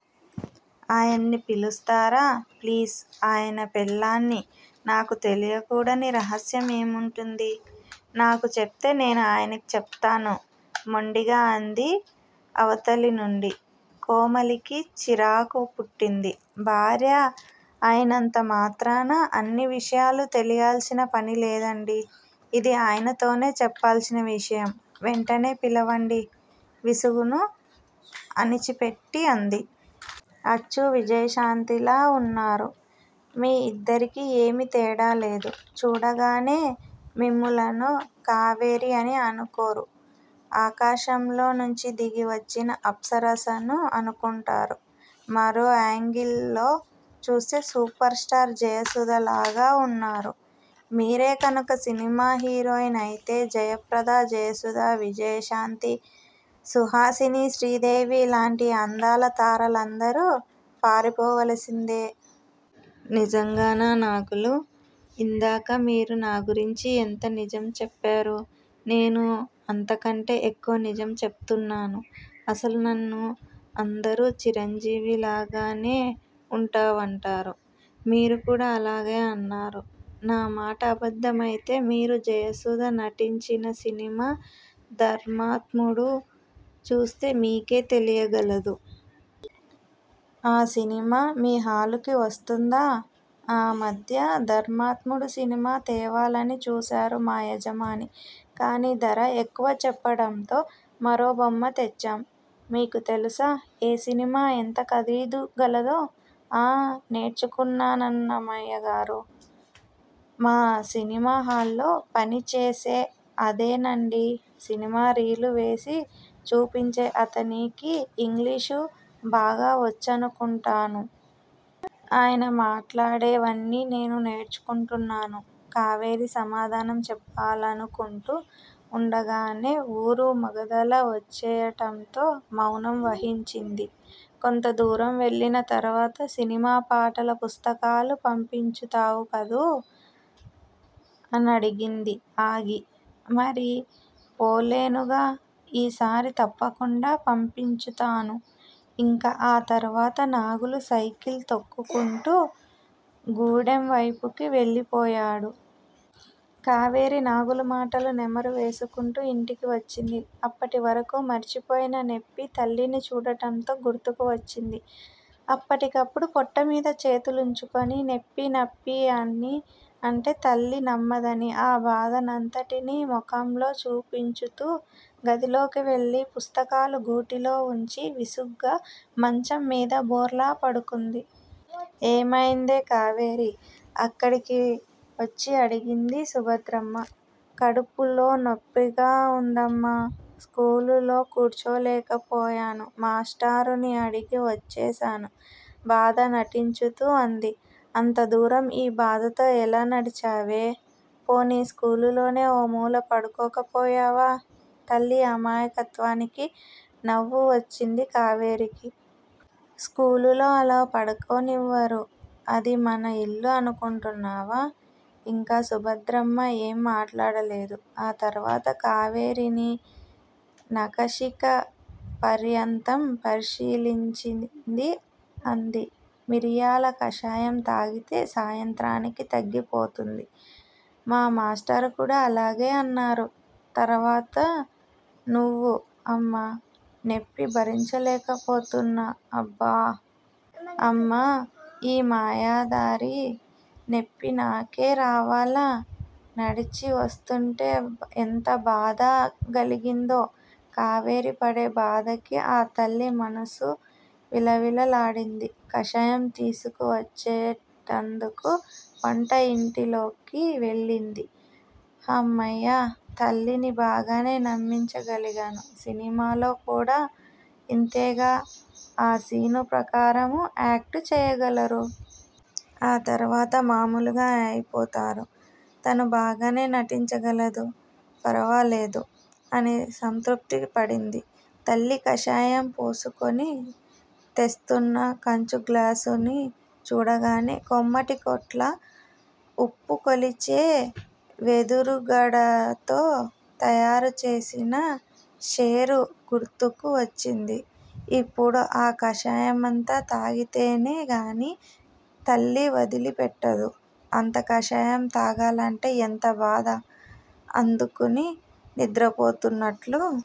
ఆయన్ని పిలుస్తారా? ప్లీజ్. ఆయన పెళ్ళాన్ని నాకు తెలియకూడని రహస్యం ఏముంటుంది? నాకు చెప్తే నేను ఆయనకీ చెప్తాను మొండిగా అంది అవతలినుండి. కోమలికి చిరాకు పుట్టింది. భార్య అయినంతమాత్రాన అన్ని విషయాలూ తెలియాల్సిన పని లేదండీ ఇది ఆయనతోనే చెప్పాల్సిన విషయం. వెంటనే పిలవండి విసుగును అణిచిపెట్టి అంది. అచ్చు విజయశాంతిలా వున్నారు. మీ ఇద్దరికీ ఏమీ తేడాలేదు. చూడగానే మిమ్ములను కావేరి అని అనుకోరు. ఆకాశంలో నుంచి దిగి వచ్చిన అప్సరసను అనుకుంటారు. మరో యాంగిల్ లో చూస్తే సూపర్ స్టార్ జయసుధలాగా వున్నారు. మీరే కనుక సినిమా హీరోయిన్ అయితే జయప్రద-జయసుధ, విజయశాంతి, సుహాసిని, శ్రీదేవి లాంటి అందాలతారలందరూ పారిపోవలసిందే! నిజంగానా నాగులూ! ఇందాక మీరు నా గురించి ఎంత నిజం చెప్పారు? నేనూ అంతకంటే ఎక్కువ నిజం చెప్పుతున్నాను. అసలు నన్ను అందరూ చిరంజీవిలాగానే వుంటావంటారు. మీరు కూడా అలాగే అన్నారు. నా మాట అబద్దం అయితే మీరు జయసుధ నటించిన సినిమా ధర్మాత్ముడు చూస్తే మీకే తెలియగలదు. ఆ సినిమా మీ హాలుకి వస్తుందా? ఆ మధ్య ధర్మాత్ముడు సినిమా తేవాలని చూశారు మా యజమాని! కాని ధర ఎక్కువ చెప్పడంతో మరో బొమ్మ తెచ్చాం. మీకూ తెలుసా? ఏసినిమా ఎంత ఖరీదు గలదో? ఆఁ నేర్చుకున్నానమ్మాయగారూ! మా సినిమాహాల్లో పనిచేసే, అదేనండీ, సినిమా రీలు వేసి చూపించే అతనికి ఇంగ్లీషు బాగా వచ్చుఅనుకుంటాను! ఆయన మాట్లాడే వన్నీ నేను నేర్చుకుంటున్నాను! కావేరి సమాధానం చెప్పాలనుకుంటూ వుండగానే ఊరు మొగదల వచ్చేయటంతో మౌనం వహించింది. కొంత దూరం వెళ్ళిన తరువాత- సినిమా పాటల పుస్తకాలు పంపించుతావు కదూ? అనడిగింది ఆగి. మరి పోలేనుగా ఈ సారి తప్పకుండా పంపించుతాను. ఇంకా ఆ తరువాత నాగులు సైకిల్ తొక్కుకుంటూ గూడెంవైపుకి వెళ్ళిపోయాడు. కావేరి నాగులు మాటలు నెమరు వేసుకుంటూ ఇంటికి వచ్చింది. అప్పటి వరకూ మరిచిపోయిన నెప్పి తల్లిని చూడటంతోనే గుర్తుకు వచ్చింది. అప్పటికప్పుడు పొట్టమీద చేతులుంచుకుని నెప్పి నప్పి అని అంటే తల్లి నమ్మదని, ఆ బాధ నంతటినీ ముఖంలో చూపించుతూ గదిలోకి వెళ్ళి పుస్తకాలు గూటిలో వుంచి విస్సుగా మంచం మీద బోర్లా పడుకుంది. ఏమయిందే కావేరీ! అక్కడికి వచ్చి అడిగింది సుభద్రమ్మ. కడుపులో నెప్పిగా వుందమ్మా! స్కూలులో కూర్చోలేక పోయాను మాష్టారుని అడిగి వచ్చేశాను. బాధ నటించుతూ అంది. అంత దూరం ఈ బాధతో ఎలా నడిచావే? పోనీ స్కూలులోనే ఓ మూల పడుకోక పోయావా? తల్లి అమాయకత్వానికి నవ్వు వచ్చింది కావేరికి. స్కూలులో అలా పడుకోనివ్వరు. అది మన ఇల్లు అనుకుంటున్నావా? ఇంకా సుభద్రమ్మ ఏం మాట్లాడలేదు. ఆ తరువాత కావేరిని నఖశిఖ పర్యంతం పరిశీలించింది అంది. మిరియాల కషాయం తాగితే సాయంత్రానికి తగ్గి పోతుంది! మా మాష్టారు కూడా అలాగే అన్నారు. తర్వాత నువ్వు అమ్మా! నెప్పి భరించలేకపోతున్నా అబ్బా! అమ్మా! ఈ మాయదారి నెప్పి నాకే రావాలా? నడిచి వస్తుంటే ఎంత బాధ గలిగిందో? కావేరి పడే బాధకి ఆ తల్లి మనసు విల విలలాడింది__కషాయం తీసుకు వచ్చేటందుకు వంట ఇంటిలోకి వెళ్ళింది. హమ్మయ్యా! తల్లిని బాగానే నమ్మించ గలిగాను. సినిమాలో కూడా ఇంతేగా! ఆ సీను ప్రకారం యాక్టు చేయగలరు. ఆ తరువాత మామూలుగా అయిపోతారు! తను బాగానే నటించగలదు, ఫరవాలేదు. అని సంతృప్తి పడింది. తల్లి కషాయం పోసుకుని తెస్తున్న కంచు గ్లాసుని చూడగానే కోమటి కొట్ల ఉప్పుకొలిచే వెదురుగడతో తయారుచేసిన శేరు గుర్తుకు వచ్చింది. ఇప్పుడు ఆ కషాయమంతా తాగితేనే గాని తల్లి వదిలి పెట్టదు. అంత కషాయం తాగాలంటే ఎంత బాధ? అందుకుని నిద్రపోతున్నట్లు